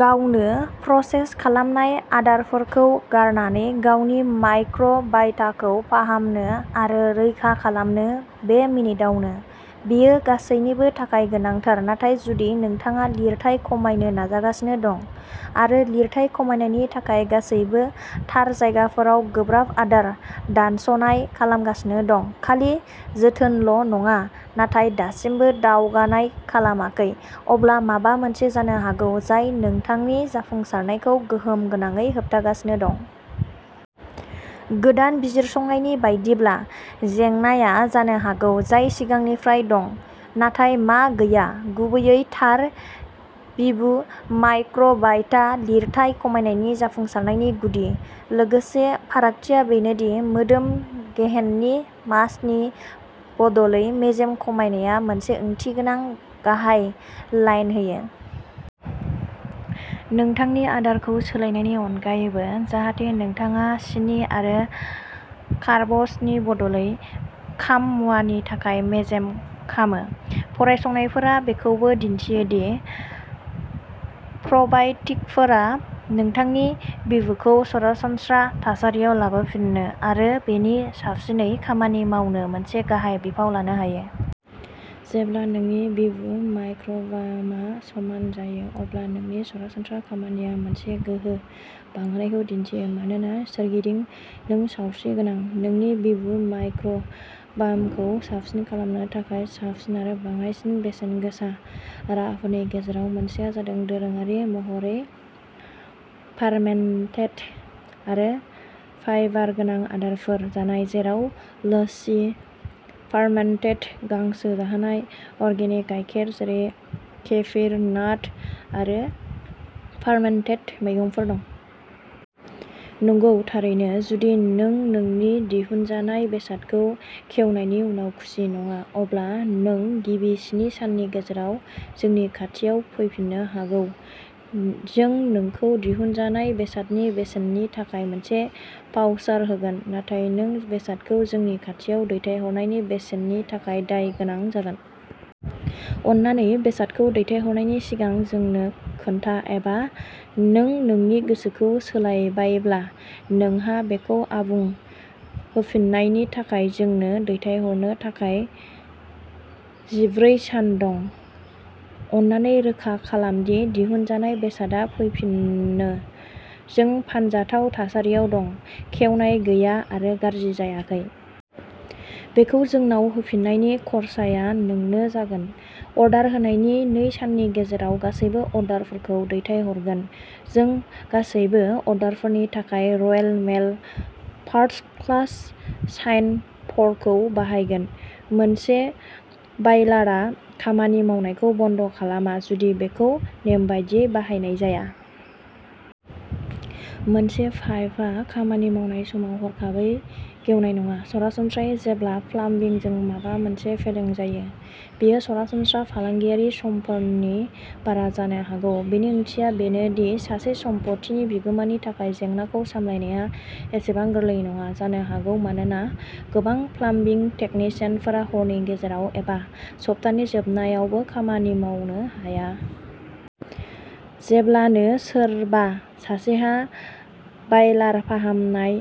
गावनो, प्रसेस खालामनाय आदारफोरखौ गारनानै गावनि माइक्र' बाय'टाखौ फाहामनो आरो रैखा खालामनो, बे मिनिटआवनो। बेयो गासैनिबो थाखाय गोनांथार, नाथाय जुदि नोंथाङा लिरथाइ खमायनो नाजागासिनो दं आरो लिरथाइ खमायनायनि थाखाय गासैबो थार जायगाफोराव गोब्राब आदार दानस'नाय खालामगासिनो दं, खालि जोथोनल' नङा, नाथाय दासिमबो दावगानाय खालामाखै, अब्ला माबा मोनसे जानो हागौ जाय नोंथांनि जाफुंसारनायखौ गोहोम गोनाङै होबथागासिनो दं। गोदान बिजिरसंनायनि बायदिब्ला, जेंनाआ जानो हागौ जाय सिगांनिफ्रायनो दं, नाथाय मा गैया गुबैयै थार बिबु माइक्र' बायटा। लिरथाइ खमायनायनि जाफुंसारनायनि गुदि, लोगोसे फारागथिया बेनो दि मोदोम गेहेननि मासनि बदलै मेजेम खमायनाया मोनसे ओंथिगोनां गाहाय लाइन होयो। नोंथांनि आदारखौ सोलायनायनि अनगायैबो जाहाथे नोंथाङा सिनि आरो कार्बसनि बदलै खाम मुवानि थाखाय मेजेम खामो, फरायसंनायफोरा बेखौबो दिन्थियो दि प्र'बाय'टिकफोरा नोंथांनि बिबुखौ सरासनस्रा थासारियाव लाबोफिन्नो आरो बेनि साबसिनै खामानि मावनो मोनसे गाहाय बिफाव लानो हायो। जेब्ला नोंनि बिबु माइक्र'बाय'मआ समान जायो, अब्ला नोंनि सरासनस्रा खामानिया मोनसे गोहो बांहोनायखौ दिन्थियो मानोना सोरगिदिं, नों सावस्रि गोनां। नोंनि बिबु माइक्र' बाय'मखौ साबसिन खालामनो थाखाय साबसिन आरो बाङाइसिन बेसेन गोसा राहाफोरनि गेजेराव मोनसेआ जादों दोरोङारि महरै फार्मेन्टेड आरो फाइबार गोनां आदारफोर जानाय, जेराव लोस्सी, फार्मेन्टेड गांसो जाहोनाय अर्गेनिक गायखेर जेरै केफिर, नाट' आरो फार्मेन्टेड मैगंफोर दं। नंगौ थारैनो जुदि नों नोंनि दिहुनजानाय बेसादखौ खेवनायनि उनाव खुसि नङा, अब्ला नों गिबि स्नि साननि गेजेराव जोंनि खाथियाव फैफिननो हागौ, जों नोंखौ दिहुनजानाय बेसादनि बेसेननि थाखाय मोनसे भाउचार होगोन। नाथाय नों बेसादखौ जोंनि खाथियाव दैथायहरनायनि बेसेननि थाखाय दाय गोनां जागोन। अन्नानै बेसादखौ दैथायहरनायनि सिगां जोंनो खोन्था एबा नों नोंनि गोसोखौ सोलायबायब्ला, नोंहा बेखौ आबुं होफिन्नायनि थाखाय जोंनो दैथायहरनो थाखाय जिब्रै सान दं। अन्नानै रोखा खालाम दि दिहुनजानाय बेसादआ फैफिनो। जों फानजाथाव थासारियाव दं, खेवनाय गैया आरो गारजि जायाखै। बेखौ जोंनाव होफिन्नायनि खर्साया नोंनो जागोन। अर्डार होनायनि नै साननि गेजेराव गासैबो अर्डारफोरखौ दैथायहरगोन। जों गासैबो अर्डारफोरनि थाखाय Royal Mail first class sign फरखौ बाहायगोन। मोनसे बायलारआ खामानि मावनायखौ बन्द' खालामा जुदि बेखौ नेमबादियै बाहायनाय जाया। मोनसे पाइपआ खामानि मावनाय समाव हरखाबै गेवनाय नङा। सरासनस्रायै, जेब्ला प्लाम्बिंजों माबा मोनसे फेलें जायो, बेयो सरासनस्रा फालांगियारि समफोरनि बारा जानो हागौ। बेनि ओंथिया बेनो दि सासे सम्पथिनि बिगुमानि थाखाय जेंनाखौ सामलायनाया एसेबां गोरलै नङा जानो हागौ मानोना गोबां प्लाम्बिं टेकनिशियानफोरा हरनि गेजेराव एबा सप्तानि जोबनायावबो खामानि मावनो हाया। जेब्लानो सोरबा सासेहा बायलार फाहामनाय,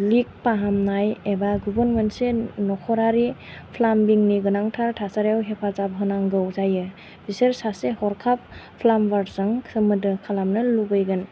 लिक फाहामनाय, एबा गुबुन मोनसे नखरारि प्लाम्बिं गोनांथार थासारियाव हेफाजाब होनांगौ जायो, बिसोर सासे हरखाब प्लाम्बारजों सोमोन्दो खालामनो लुबैगोन।